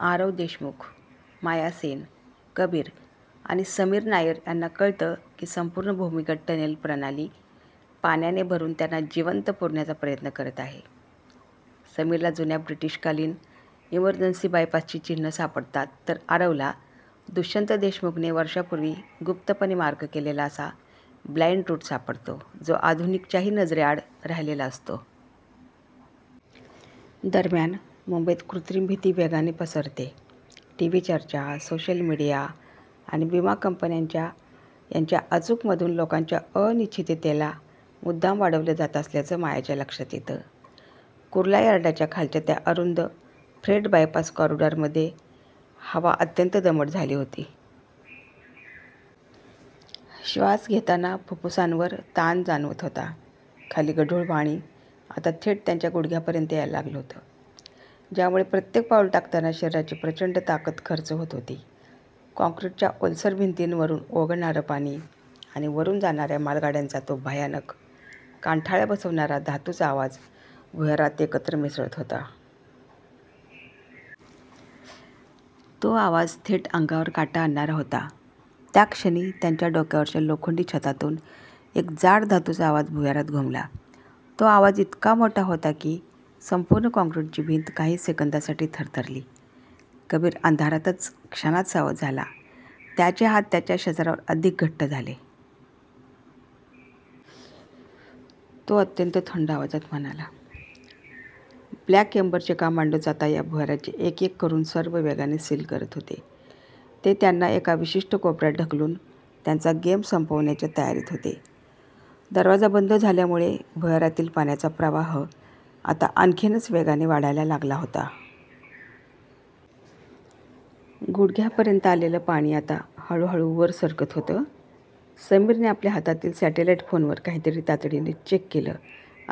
आरव देशमुख, माया सेन, कबीर आणि समीर नायर यांना कळतं की संपूर्ण भूमिगत टनेल प्रणाली पाण्याने भरून त्यांना जिवंत पुरण्याचा प्रयत्न करत आहे. समीरला जुन्या ब्रिटिशकालीन इमर्जन्सी बायपासची चिन्हं सापडतात, तर आरवला दुष्यंत देशमुखने वर्षांपूर्वी गुप्तपणे मार्क केलेला असा "ब्लाइंड रूट" सापडतो, जो आधुनिक च्याही नजरेआड राहिलेला असतो. दरम्यान मुंबईत कृत्रिम भीती वेगाने पसरते. टीव्ही चर्चा, सोशल मीडिया आणि विमा कंपन्यांच्या यांच्या अचूक मधून लोकांच्या अनिश्चिततेला मुद्दाम वाढवलं जात असल्याचं मायाच्या लक्षात येतं. कुर्ला यार्डाच्या खालच्या त्या अरुंद 'फ्रेट बायपास कॉरिडॉर'मध्ये हवा अत्यंत दमट झाली होती. श्वास घेताना फुफ्फुसांवर ताण जाणवत होता. खाली गढूळ पाणी आता थेट त्यांच्या गुडघ्यापर्यंत यायला लागलं होतं, ज्यामुळे प्रत्येक पाऊल टाकताना शरीराची प्रचंड ताकद खर्च होत होती. काँक्रीटच्या ओलसर भिंतींवरून ओघळणारं पाणी आणि वरून जाणाऱ्या मालगाड्यांचा तो भयानक, कानठळ्या बसवणारा धातूचा आवाज भुयारात एकत्र मिसळत होता. तो आवाज थेट अंगावर काटा आणणारा होता. त्याच क्षणी त्यांच्या डोक्यावरच्या लोखंडी छतातून एक जड धातूचा आवाज भुयारात घुमला. तो आवाज इतका मोठा होता की, संपूर्ण काँक्रीटची भिंत काही सेकंदांसाठी थरथरली. कबीर अंधारातच क्षणात सावध झाला, त्याचे हात त्याच्या शस्त्रावर अधिक घट्ट झाले. तो अत्यंत थंड आवाजात म्हणाला, 'ब्लॅक एम्बर'चे कमांडोज आता या भुयाराचे एक-एक करून सर्व वेगाने सील करत होते. ते त्यांना एका विशिष्ट कोपऱ्यात ढकलून त्यांचा गेम संपवण्याच्या तयारीत होते. दरवाजा बंद झाल्यामुळे भुयारातील पाण्याचा प्रवाह आता आणखीनच वेगाने वाढायला लागला होता. गुडघ्यापर्यंत आलेलं पाणी आता हळूहळू वर सरकत होतं. समीरने आपल्या हातातील सॅटेलाईट फोनवर काहीतरी तातडीने चेक केलं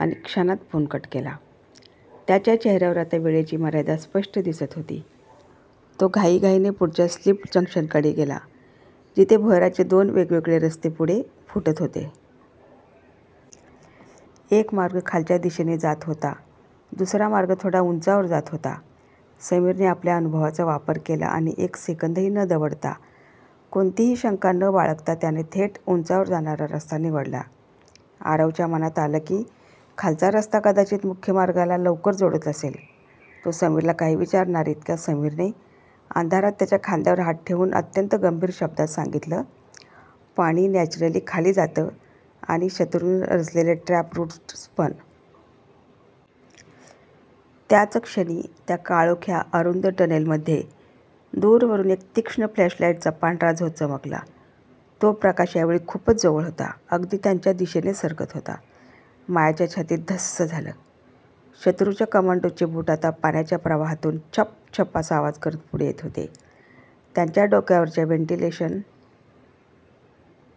आणि क्षणात फोन कट केला. त्याच्या चेहऱ्यावर आता वेळेची मर्यादा स्पष्ट दिसत होती. तो घाईघाईने पुढच्या स्प्लिट जंक्शनकडे गेला, जिथे भुयाराचे दोन वेगवेगळे रस्ते पुढे फुटत होते. एक मार्ग खालच्या दिशेने जात होता. दुसरा मार्ग थोडा उंचावर जात होता. समीरने आपल्या अनुभवाचा वापर केला आणि एक सेकंदही न दवडता, कोणतीही शंका न बाळगता त्याने थेट उंचावर जाणारा रस्ता निवडला. आरवच्या मनात आलं की, खालचा रस्ता कदाचित मुख्य मार्गाला लवकर जोडत असेल, तो समीरला काही विचारणार इतक्यात समीरने अंधारात त्याच्या खांद्यावर हात ठेवून अत्यंत गंभीर शब्दात सांगितलं, "पाणी नॅचरली खाली जातं आणि शत्रूने रचलेले ट्रॅप रूट्स पण! " त्याच क्षणी त्या काळोख्या, अरुंद टनेलमध्ये दूरवरून एक तीक्ष्ण फ्लॅशलाईटचा पांढरा झोत चमकला. तो प्रकाश यावेळी खूपच जवळ होता, अगदी त्यांच्या दिशेनेच सरकत होता. मायाच्या छातीत धस्स झालं; शत्रूच्या कमांडोजचे बूट आता पाण्याच्या प्रवाहातून छपछप असा आवाज करत पुढे येत होते. त्यांच्या डोक्यावरच्या वेंटिलेशन